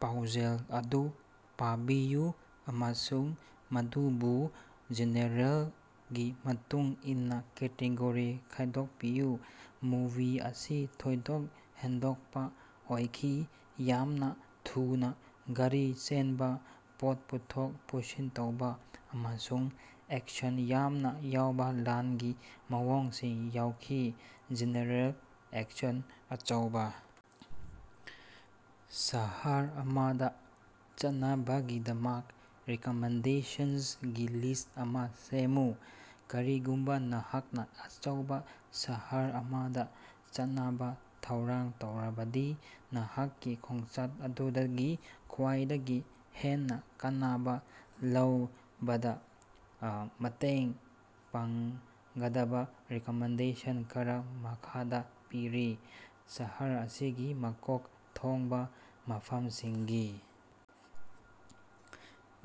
ꯄꯥꯎꯖꯦꯜ ꯑꯗꯨ ꯄꯥꯕꯤꯌꯨ ꯑꯃꯁꯨꯡ ꯃꯗꯨꯕꯨ ꯖꯦꯅꯔꯦꯜꯒꯤ ꯃꯇꯨꯡ ꯏꯟꯅ ꯀꯦꯇꯦꯒꯣꯔꯤ ꯈꯥꯏꯗꯣꯛꯄꯤꯌꯨ꯫ ꯃꯨꯚꯤ ꯑꯁꯤ ꯊꯣꯏꯗꯣꯛ ꯍꯦꯟꯗꯣꯛꯄ ꯑꯣꯏꯈꯤ, ꯌꯥꯝꯅ ꯊꯨꯅ ꯒꯥꯔꯤ ꯆꯦꯟꯕ, ꯄꯣꯠ ꯄꯨꯊꯣꯛ ꯄꯨꯁꯤꯟ ꯇꯧꯕ ꯑꯃꯁꯨꯡ ꯑꯦꯛꯁꯟ ꯌꯥꯝꯅ ꯌꯥꯎꯕ ꯂꯥꯟꯒꯤ ꯃꯑꯣꯡꯁꯤꯡ ꯌꯥꯎꯈꯤ꯫ General: action. ꯑꯆꯧꯕ ꯁꯍꯔ ꯑꯃꯗ ꯆꯠꯅꯕꯒꯤꯗꯃꯛ ꯔꯤꯀꯃꯦꯟꯗꯦꯁꯟꯁꯒꯤ ꯂꯤꯁ ꯑꯃ ꯁꯦꯝꯃꯨ꯫ ꯀꯔꯤꯒꯨꯝꯕ ꯅꯍꯥꯛꯅ ꯑꯆꯧꯕ ꯁꯍꯔ ꯑꯃꯗ ꯆꯠꯅꯕ ꯊꯧꯔꯥꯡ ꯇꯧꯔꯕꯗꯤ, ꯅꯍꯥꯛꯀꯤ ꯈꯣꯡꯆꯠ ꯑꯗꯨꯗꯒꯤ ꯈ꯭ꯋꯥꯏꯗꯒꯤ ꯍꯦꯟꯅ ꯀꯥꯟꯅꯕ ꯂꯧꯕꯗ ꯑꯥ ꯃꯇꯦꯡ ꯄꯥꯡꯒꯗꯕ ꯔꯤꯀꯃꯦꯟꯗꯦꯁꯟ ꯈꯔ ꯃꯈꯥꯗ ꯄꯤꯔꯤ: ꯁꯍꯔ ꯑꯁꯤꯒꯤ ꯃꯀꯣꯛ ꯊꯣꯡꯕ ꯃꯐꯝꯁꯤꯡꯒꯤ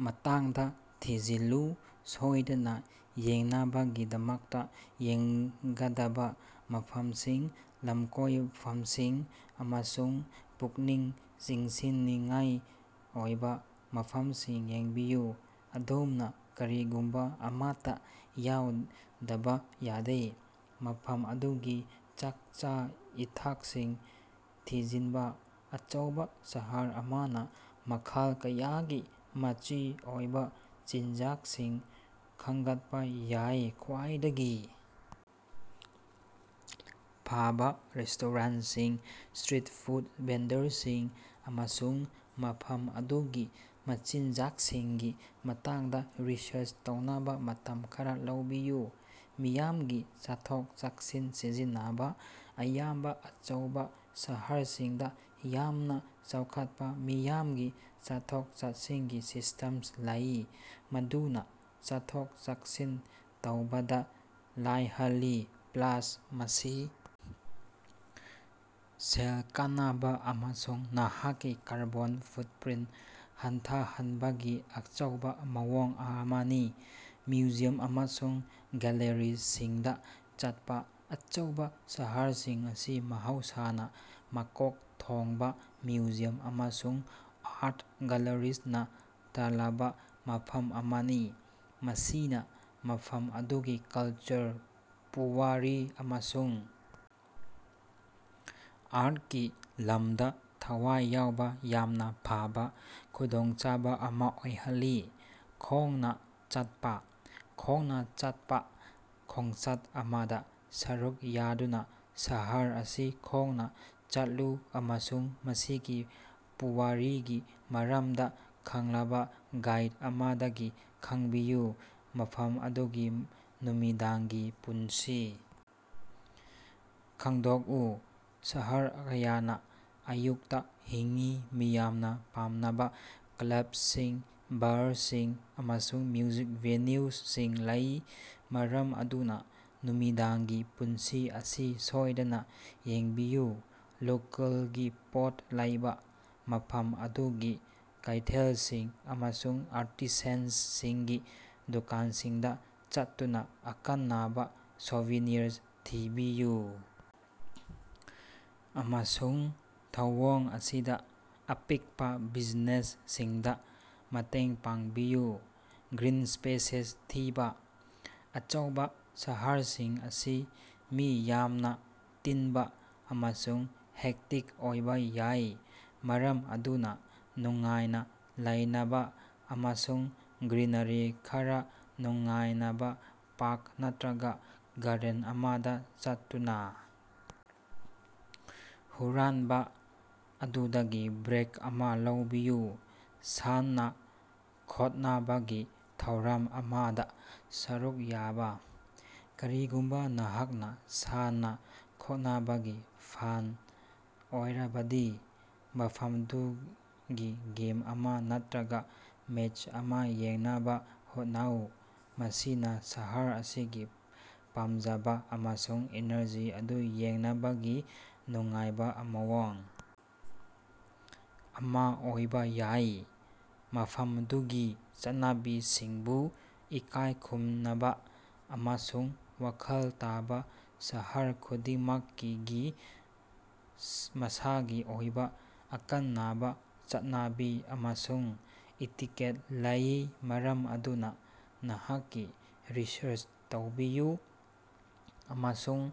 ꯃꯇꯥꯡꯗ ꯊꯤꯖꯤꯜꯂꯨ: ꯁꯣꯏꯗꯅ ꯌꯦꯡꯅꯕꯒꯤꯗꯃꯛꯇ ꯌꯦꯡꯒꯗꯕ ꯃꯐꯝꯁꯤꯡ, ꯂꯝꯀꯣꯏꯐꯝꯁꯤꯡ ꯑꯃꯁꯨꯡ ꯄꯨꯛꯅꯤꯡ ꯆꯤꯡꯁꯤꯟꯅꯤꯡꯉꯥꯏ ꯑꯣꯏꯕ ꯃꯐꯝꯁꯤꯡ ꯌꯦꯡꯕꯤꯌꯨ꯫ ꯑꯗꯣꯝꯅ ꯀꯔꯤꯒꯨꯝꯕ ꯑꯃꯠꯇ ꯌꯥꯎꯗꯕ ꯌꯥꯗꯦ꯫ ꯃꯐꯝ ꯑꯗꯨꯒꯤ ꯆꯥꯀꯆꯥ-ꯏꯊꯛꯁꯤꯡ ꯊꯤꯖꯤꯟꯕ: ꯑꯆꯧꯕ ꯁꯍꯔ ꯑꯃꯅ ꯃꯈꯜ ꯀꯌꯥꯒꯤ ꯃꯆꯤ ꯑꯣꯏꯕ ꯆꯤꯟꯖꯥꯛꯁꯤꯡ ꯈꯟꯒꯠꯄ ꯌꯥꯏ꯫ ꯈ꯭ꯋꯥꯏꯗꯒꯤ ꯐꯕ ꯔꯦꯁ꯭ꯇꯣꯔꯦꯟꯠꯁꯤꯡ, ꯁ꯭ꯇꯔꯤꯠ ꯐꯨꯗ ꯚꯦꯟꯗꯔꯁꯤꯡ, ꯑꯃꯁꯨꯡ ꯃꯐꯝ ꯑꯗꯨꯒꯤ ꯃꯆꯤꯟꯖꯥꯛꯁꯤꯡꯒꯤ ꯃꯇꯥꯡꯗ ꯔꯤꯁꯔꯆ ꯇꯧꯅꯕ ꯃꯇꯝ ꯈꯔꯥ ꯂꯧꯕꯤꯌꯨ꯫ ꯃꯤꯌꯥꯝꯒꯤ ꯆꯠꯊꯣꯛ-ꯆꯠꯁꯤꯟ ꯁꯤꯖꯤꯟꯅꯕ: ꯑꯌꯥꯝꯕ ꯑꯆꯧꯕ ꯁꯍꯔꯁꯤꯡꯗ ꯌꯥꯝꯅ ꯆꯥꯎꯈꯠꯄ ꯃꯤꯌꯥꯝꯒꯤ ꯆꯠꯊꯣꯛ-ꯆꯠꯁꯤꯟꯒꯤ ꯁꯤꯁꯇꯦꯝꯁ ꯂꯩ, ꯃꯗꯨꯅ ꯆꯠꯊꯣꯛ-ꯆꯠꯁꯤꯟ ꯇꯧꯕꯗ ꯂꯥꯏꯍꯜꯂꯤ꯫ ꯄ꯭ꯂꯥꯁ, ꯃꯁꯤ ꯁꯦꯜ ꯀꯅꯕ ꯑꯃꯁꯨꯡ ꯅꯍꯥꯛꯀꯤ ꯀꯥꯔꯕꯣꯟ ꯐꯨꯠꯄ꯭ꯔꯤꯟꯠ ꯍꯟꯊꯍꯟꯕꯒꯤ ꯑꯆꯧꯕ ꯃꯑꯣꯡ ꯑꯃꯅꯤ꯫ ꯃ꯭ꯌꯨꯖꯤꯌꯝ ꯑꯃꯁꯨꯡ ꯒꯦꯜꯂꯔꯤꯁꯤꯡꯗ ꯆꯠꯄ: ꯑꯆꯧꯕ ꯁꯍꯔꯁꯤꯡ ꯑꯁꯤ ꯃꯍꯧꯁꯥꯅ ꯃꯀꯣꯛ ꯊꯣꯡꯕ ꯃ꯭ꯌꯨꯖꯤꯌꯝ ꯑꯃꯁꯨꯡ ꯑꯥꯔꯠ ꯒꯦꯜꯂꯔꯤꯁꯅꯥ ꯊꯜꯂꯕ ꯃꯐꯝ ꯑꯃꯅꯤ, ꯃꯁꯤꯅ ꯃꯐꯝ ꯑꯗꯨꯒꯤ ꯀꯜꯆꯔ, ꯄꯨꯋꯥꯔꯤ ꯑꯃꯁꯨꯡ ꯑꯥꯔꯠꯀꯤ ꯂꯝꯗ ꯊꯋꯥꯏ ꯌꯥꯎꯕ ꯌꯥꯝꯅ ꯐꯕ ꯈꯨꯗꯣꯡꯆꯥꯕ ꯑꯃ ꯑꯣꯏꯍꯜꯂꯤ꯫ ꯈꯣꯡꯅ ꯆꯠꯄ: ꯈꯣꯡꯅ ꯆꯠꯄ ꯈꯣꯡꯆꯠ ꯑꯃꯗ ꯁꯔꯨꯛ ꯌꯥꯗꯨꯅ ꯁꯍꯔ ꯑꯁꯤ ꯈꯣꯡꯅ ꯆꯠꯂꯨ ꯑꯃꯁꯨꯡ ꯃꯁꯤꯒꯤ ꯄꯨꯋꯥꯔꯤꯒꯤ ꯃꯔꯝꯗ ꯈꯪꯂꯕ ꯒꯥꯏꯗ ꯑꯃꯗꯒꯤ ꯈꯪꯕꯤꯌꯨ꯫ ꯃꯐꯝ ꯑꯗꯨꯒꯤ ꯅꯨꯃꯤꯗꯥꯡꯒꯤ ꯄꯨꯟꯁꯤ ꯈꯪꯗꯣꯛꯎ: ꯁꯍꯔ ꯀꯌꯥꯅ ꯑꯌꯨꯛꯇ ꯍꯤꯡꯏ, ꯃꯤꯌꯥꯝꯅ ꯄꯥꯝꯅꯕ ꯀ꯭ꯂꯕꯁꯤꯡ, ꯕꯥꯔꯁꯤꯡ, ꯑꯃꯁꯨꯡ ꯃ꯭ꯌꯨꯖꯤꯛ ꯚꯦꯅ꯭ꯌꯨꯁꯤꯡ ꯂꯩ, ꯃꯔꯝ ꯑꯗꯨꯅ ꯅꯨꯃꯤꯗꯥꯡꯒꯤ ꯄꯨꯟꯁꯤ ꯑꯁꯤ ꯁꯣꯏꯗꯅ ꯌꯦꯡꯕꯤꯌꯨ꯫ ꯂꯣꯀꯦꯜꯒꯤ ꯄꯣꯠ ꯂꯩꯕ: ꯃꯐꯝ ꯑꯗꯨꯒꯤ ꯀꯩꯊꯦꯜꯁꯤꯡ ꯑꯃꯁꯨꯡ ꯑꯥꯔꯇꯤꯁꯥꯟꯁꯤꯡꯒꯤ ꯗꯨꯀꯥꯟꯁꯤꯡꯗ ꯆꯠꯇꯨꯅ ꯑꯈꯟꯅꯕ ꯁꯣꯚꯦꯅꯤꯌꯥꯔꯁ ꯊꯤꯕꯤꯌꯨ ꯑꯃꯁꯨꯡ ꯊꯧꯑꯣꯡ ꯑꯁꯤꯗ ꯑꯄꯤꯛꯄ ꯕꯤꯖꯤꯅꯦꯁ ꯁꯤꯡꯗ ꯃꯇꯦꯡ ꯄꯥꯡꯕꯤꯌꯨ꯫ ꯒ꯭ꯔꯤꯟ ꯁ꯭ꯄꯦꯁꯦꯁ ꯊꯤꯕ: ꯑꯆꯧꯕ ꯁꯍꯔꯁꯤꯡ ꯑꯁꯤ ꯃꯤ ꯌꯥꯝꯅ ꯇꯤꯟꯕ ꯑꯃꯁꯨꯡ ꯍꯦꯛꯇꯤꯛ ꯑꯣꯏꯕ ꯌꯥꯏ, ꯃꯔꯝ ꯑꯗꯨꯅ ꯅꯨꯡꯉꯥꯏꯅ ꯂꯩꯅꯕ ꯑꯃꯁꯨꯡ ꯒ꯭ꯔꯤꯅꯔꯤ ꯈꯔ ꯅꯨꯡꯉꯥꯏꯅꯕ ꯄꯥꯔꯛ ꯅꯠꯇ꯭ꯔꯒ ꯒꯥꯔꯗꯦꯟ ꯑꯃꯗ ꯆꯠꯇꯨꯅ ꯍꯨꯔꯥꯟꯕ ꯑꯗꯨꯗꯒꯤ ꯕ꯭ꯔꯦꯛ ꯑꯃ ꯂꯧꯕꯤꯌꯨ꯫ ꯁꯥꯟꯅ-ꯈꯣꯠꯅꯕꯒꯤ ꯊꯧꯔꯝ ꯑꯃꯗ ꯁꯔꯨꯛ ꯌꯥꯕ: ꯀꯔꯤꯒꯨꯝꯕ ꯅꯍꯥꯛꯅ ꯁꯥꯟꯅ-ꯈꯣꯠꯅꯕꯒꯤ ꯐꯥꯟ ꯑꯣꯏꯔꯕꯗꯤ, ꯃꯐꯝꯗꯨꯒꯤ ꯒꯦꯝ ꯑꯃ ꯅꯠꯇ꯭ꯔꯒ ꯃꯦꯆ ꯑꯃ ꯌꯦꯡꯅꯕ ꯍꯣꯠꯅꯧ, ꯃꯁꯤꯅ ꯁꯍꯔ ꯑꯁꯤꯒꯤ ꯄꯥꯝꯖꯕ ꯑꯃꯁꯨꯡ ꯏꯅꯔꯖꯤ ꯑꯗꯨ ꯌꯦꯡꯅꯕꯒꯤ ꯅꯨꯡꯉꯥꯏꯕ ꯃꯑꯣꯡ ꯑꯃ ꯑꯣꯏꯕ ꯌꯥꯏ꯫ ꯃꯐꯝꯗꯨꯒꯤ ꯆꯠꯅꯕꯤꯁꯤꯡꯕꯨ ꯏꯀꯥꯏ ꯈꯨꯝꯅꯕ ꯑꯃꯁꯨꯡ ꯋꯥꯈꯜ ꯇꯥꯕ: ꯁꯍꯔ ꯈꯨꯗꯤꯡꯃꯛꯀꯤꯒꯤ ꯃꯁꯥꯒꯤ ꯑꯣꯏꯕ ꯑꯈꯟꯅꯕ ꯆꯠꯅꯕꯤ ꯑꯃꯁꯨꯡ ꯏꯇꯤꯀꯦꯠ ꯂꯩ, ꯃꯔꯝ ꯑꯗꯨꯅ ꯅꯍꯥꯛꯀꯤ ꯔꯤꯁ꯭ꯔꯆ ꯇꯧꯕꯤꯌꯨ ꯑꯃꯁꯨꯡ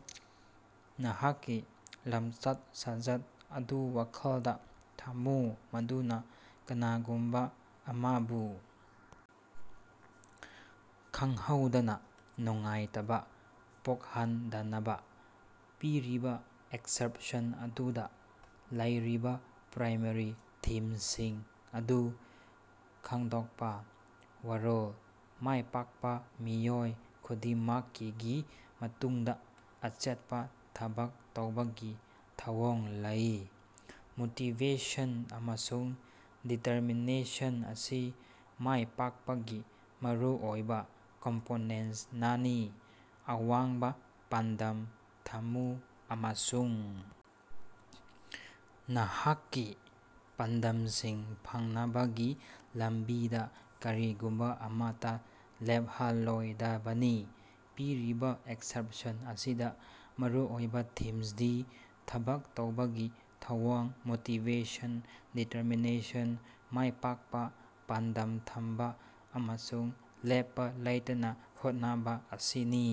ꯅꯍꯥꯛꯀꯤ ꯂꯝꯆꯠ-ꯁꯥꯖꯠ ꯑꯗꯨ ꯋꯥꯈꯜꯗ ꯊꯝꯃꯨ ꯃꯗꯨꯅ ꯀꯅꯥꯒꯨꯝꯕ ꯑꯃꯕꯨ ꯈꯪꯍꯧꯗꯅ ꯅꯨꯡꯉꯥꯏꯇꯕ ꯄꯣꯛꯍꯟꯗꯅꯕ꯫ ꯄꯤꯔꯤꯕ ꯑꯦꯛꯁꯔꯞꯁꯟ ꯑꯗꯨꯗ ꯂꯩꯔꯤꯕ ꯄ꯭ꯔꯥꯏꯃꯥꯔꯤ ꯊꯤꯝꯁꯤꯡ ꯑꯗꯨ ꯈꯪꯗꯣꯛꯄ꯫ ꯋꯥꯔꯣꯜ: "ꯃꯥꯏꯄꯥꯛꯄ ꯃꯤꯑꯣꯏ ꯈꯨꯗꯤꯡꯃꯛꯀꯤꯒꯤ ꯃꯇꯨꯡꯗ ꯑꯆꯦꯠꯄ ꯊꯕꯛ ꯇꯧꯕꯒꯤ ꯊꯧꯑꯣꯡ ꯂꯩ꯫ ꯃꯣꯇꯤꯕꯦꯁꯟ ꯑꯃꯁꯨꯡ ꯗꯤꯇꯔꯃꯤꯅꯦꯁꯟ ꯑꯁꯤ ꯃꯥꯏ ꯄꯥꯛꯄꯒꯤ ꯃꯔꯨꯑꯣꯏꯕ ꯀꯝꯄꯣꯅꯦꯟꯁꯅꯅꯤ꯫ ꯑꯋꯥꯡꯕ ꯄꯥꯟꯗꯝ ꯊꯝꯃꯨ ꯑꯃꯁꯨꯡ ꯅꯍꯥꯛꯀꯤ ꯄꯥꯟꯗꯝꯁꯤꯡ ꯐꯪꯅꯕꯒꯤ ꯂꯝꯕꯤꯗ ꯀꯔꯤꯒꯨꯝꯕ ꯑꯃꯠꯇ ꯂꯦꯞꯍꯜꯂꯣꯏꯗꯕꯅꯤ꯫" ꯄꯤꯔꯤꯕ ꯑꯦꯛꯁꯔꯞꯁꯟ ꯑꯁꯤꯗ ꯃꯔꯨꯑꯣꯏꯕ ꯊꯤꯝꯁꯗꯤ: ꯊꯕꯛ ꯇꯧꯕꯒꯤ ꯊꯧꯑꯣꯡ, ꯃꯣꯇꯤꯚꯦꯁꯟ, ꯗꯤꯇꯔꯃꯤꯅꯦꯁꯟ, ꯃꯥꯏꯄꯥꯛꯄ, ꯄꯥꯟꯗꯝ ꯊꯝꯕ, ꯑꯃꯁꯨꯡ ꯂꯦꯞꯄ ꯂꯩꯇꯅ ꯍꯣꯠꯅꯕ ꯑꯁꯤꯅꯤ꯫